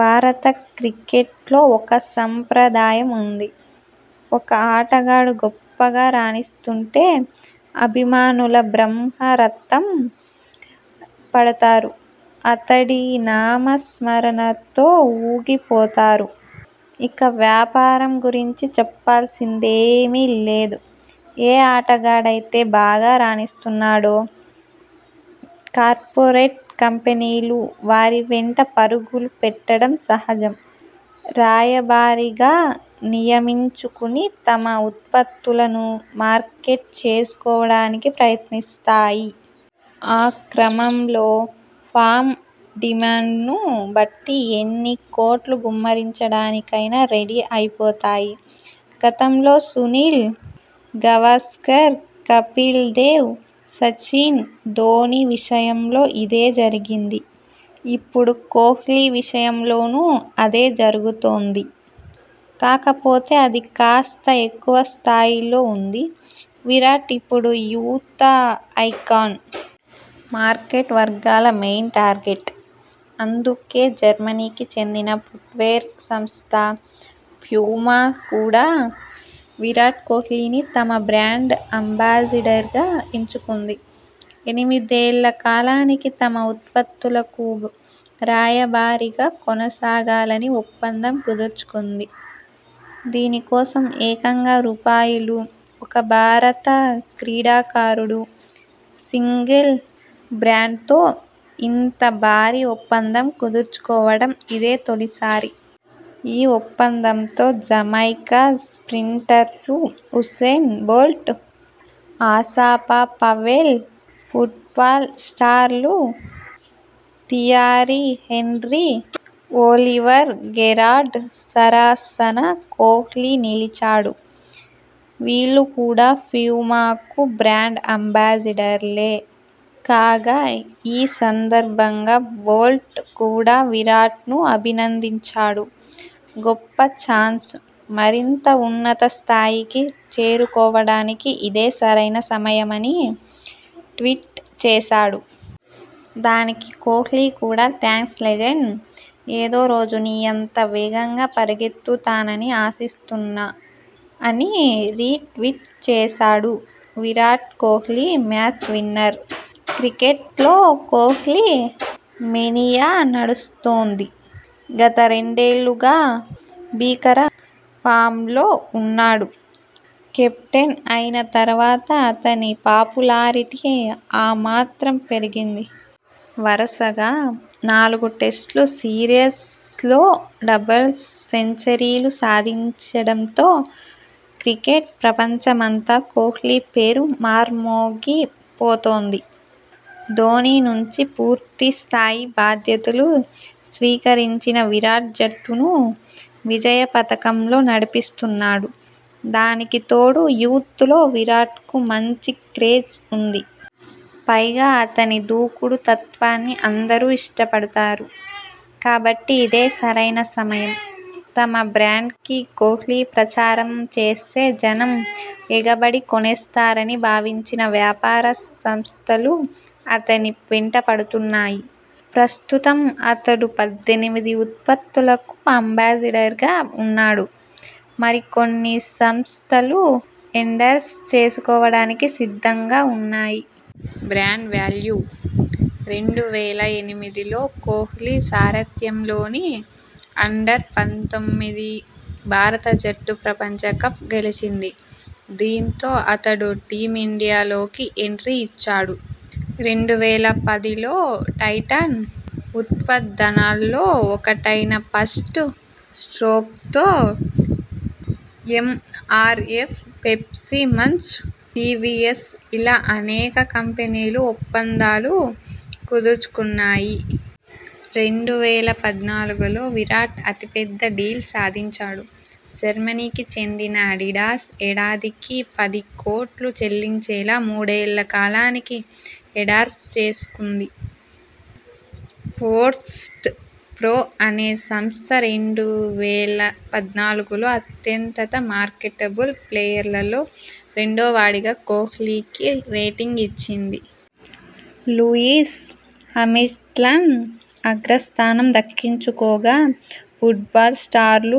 భారత క్రికెట్లో ఒక సంప్రదాయం ఉంది. ఒక ఆటగాడు గొప్పగా రాణిస్తుంటే అభిమానుల బ్రహ్మరథం పడతారు. అతడి నామస్మరణతో ఊగిపోతారు. ఇక వ్యాపారం గురించి చెప్పాల్సిందేమీ లేదు. ఏ ఆటగాడైతే బాగా రాణిస్తున్నాడో.. కార్పొరేట్ కంపెనీలు వారివెంట పరుగులు పెట్టడం సహజం. రాయబారిగా నియమించుకుని తమ ఉత్పత్తుల ను మార్కెట్ చేసుకోవడానికి ప్రయత్నిస్తాయి. ఈ క్రమంలో ఫామ్, డిమాండ్ను బట్టి ఎన్ని కోట్లు గుమ్మరించడానికైనా రెడీ అయిపోతాయి. గతంలో సునీల్ గవాస్కర్, కపిల్ దేవ్, సచిన్, ధోనీ విషయంలో ఇదే జరిగింది. ఇప్పుడు కోహ్లీ విషయంలోనూ అదే జరుగుతోంది! కాకపోతే అది కాస్త ఎక్కువ స్థాయిలో ఉంది. విరాట్ ఇప్పుడు యూత ఐకాన్..! మార్కెట్ వర్గాల మెయిన్ టార్గెట్..! అందుకే జర్మనీకి చెందిన ఫుట్వేర్ సంస్థ 'ప్యూమా' కూడా విరాట్ కోహ్లీని తమ బ్రాండ్ అంబాసిడర్గా ఎంచుకుంది. ఎనిమిదేళ్ల కాలానికి తమ ఉత్పత్తులకు రాయబారిగా కొనసాగాలని ఒప్పందం కుదుర్చుకుంది. దీని కోసం ఏకంగా రూపాయలు. ఒక భారత క్రీడాకారుడు సింగిల్ బ్రాండ్తో ఇంత భారీ ఒప్పందం కుదుర్చుకోవటం ఇదే తొలిసారి. ఈ ఒప్పందంతో జమైకా స్ర్పింటర్లు Usain Bolt, Asafa Powell, football స్టార్లు థియరీ హెన్రీ, ఒలీవర్ గెరార్డ్ సరసన కోహ్లీ నిలిచాడు. వీళ్లు కూడా ప్యూమాకు బ్రాండ్ అంబాసిడర్లే. కాగా.. ఈ సందర్భంగా బోల్ట్ కూడా విరాట్ను అభినందించాడు. 'గొప్ప చాన్స్. మరింత ఉన్నత స్థాయికి చేరుకోవడానికి ఇదే సరైన సమయమ'ని ట్వీట్ చేశాడు. దానికి కోహ్లీ కూడా 'థాంక్స్ లెజెండ్. ఏదో రోజు నీ అంత వేగంగా పరుగెత్తు తానని ఆశిస్తున్నా' అని రీ ట్వీట్ చేశాడు. Virat Kohli match winner. క్రికెట్లో కోహ్లీ మేనియా నడుస్తోంది. గత రెండేళ్లుగా భీకర ఫామ్లో ఉన్నాడు. కెప్టెన్ అయిన తర్వాత అతని పాపులారిటీ అమాంతం పెరిగింది. వరుసగా నాలుగు టెస్టు సిరీస్ ల్లో డబుల్ సెంచరీలు సాధించడంతో క్రికెట్ ప్రపంచమంతా కోహ్లీ పేరు మార్మోగి పోతోంది. ధోనీ నుంచి పూర్తి స్థాయి బాధ్యతలు స్వీకరించిన విరాట్ జట్టును విజయ పథకంలో నడిపిస్తున్నాడు. దానికి తోడు యూత్ లో విరాట్కు మంచి క్రేజ్ ఉంది. పైగా అతని దూకుడు తత్వాన్ని అందరూ ఇష్ట పడతారు. కాబట్టి ఇదే సరైన సమయం. తమ బ్రాండ్కి కోహ్లీ ప్రచారం చేస్తే జనం ఎగబడి కొనేస్తారని భావించిన వ్యాపార సంస్థలు అతని వెంటపడుతున్నాయి. ప్రస్తుతం అతడు పద్దెనిమిది ఉత్పత్తులకు అంబాసిడర్గా ఉన్నాడు. మరికొన్ని సంస్థలు ఎండార్స్ చేసుకోవడానికి సిద్ధంగా ఉన్నాయి. Brand value. రెండు వేల ఎనిమిదిలో కోహ్లీ సారథ్యంలోని అండర్-పంతొమ్మిది భారత జట్టు ప్రపంచకప్ గెలిచింది. దీంతో అతడు టీమిండియాలోకి ఎంట్రీ ఇచ్చాడు. రెండు వేల పదిలో టైటాన్ ఉత్పాదనల్లో ఒకటైన ఫాస్ట్ స్ట్రోక్తో ఎంఆర్ఎఫ్, పెప్సీ, మంచ్, టీవీఎస్ ఇలా అనేక కంపెనీలు ఒప్పందాలు కుదుర్చుకున్నాయి. రెండు వేల పద్నాలుగులో విరాట్ అతిపెద్ద డీల్ సాధించాడు. జర్మనీకి చెందిన ఆడిడాస్ ఏడాదికి పది కోట్లు చెల్లించేలా మూడేళ్ల కాలానికి ఎండార్స్ చేసుకుంది. స్పోర్ట్స్ ప్రొ అనే సంస్థ రెండు వేల పద్నాలుగులో అత్యంత మార్కెటబుల్ ప్లేయర్లలో రెండో వాడిగా కోహ్లీకి రేటింగ్ ఇచ్చింది. లూయిస్ హామిల్టన్ అగ్రస్థానం దక్కించుకోగా.. ఫుట్బాల్ స్టార్లు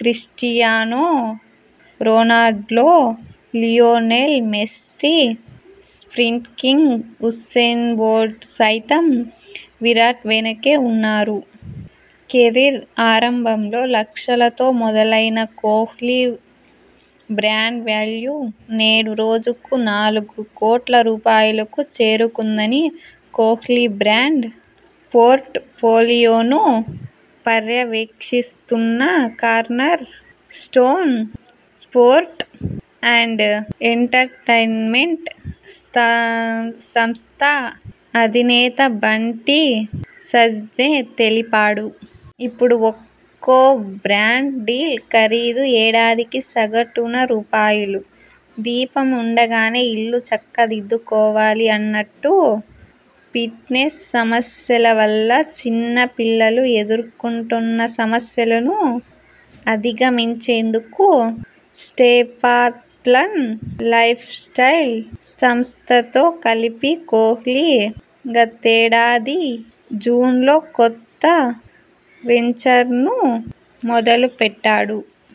Cristiano Ronaldo, Lionel Messi, sprint king Usain Bolt సైతం విరాట్ వెనకే ఉన్నారు. కెరీర్ ఆరంభంలో లక్షలతో మొదలైన కోహ్లీ బ్రాండ్ వాల్యూ నేడు రోజుకు నాలుగు కోట్ల రూపాయలకు చేరుకుందని కోహ్లీ బ్రాండ్ పోర్ట్ పోలియోను పర్యవేక్షిస్తున్న corner stone sports and entertainment సంస్థ అధినేత బంటీ సజ్దే తెలిపాడు. ఇప్పుడు ఒక్కో బ్రాండ్ డీల్ ఖరీదు ఏడాదికి సగటున రూపాయలు. దీపం ఉండగానే ఇల్లు చక్క దిద్దుకోవాలి అన్నట్టూ.. ఫిట్నెస్ సమస్యల వల్ల చిన్న పిల్లలు ఎదుర్కొంటున్న సమస్యలను అధిగమించేందుకు స్టెపాథ్లాన్ లైఫ్ స్టైల్ సంస్థతో కలిసి కోహ్లీ గతేడాది జూన్లో కొత్త వెంచర్ను మొదలుపెట్టాడు.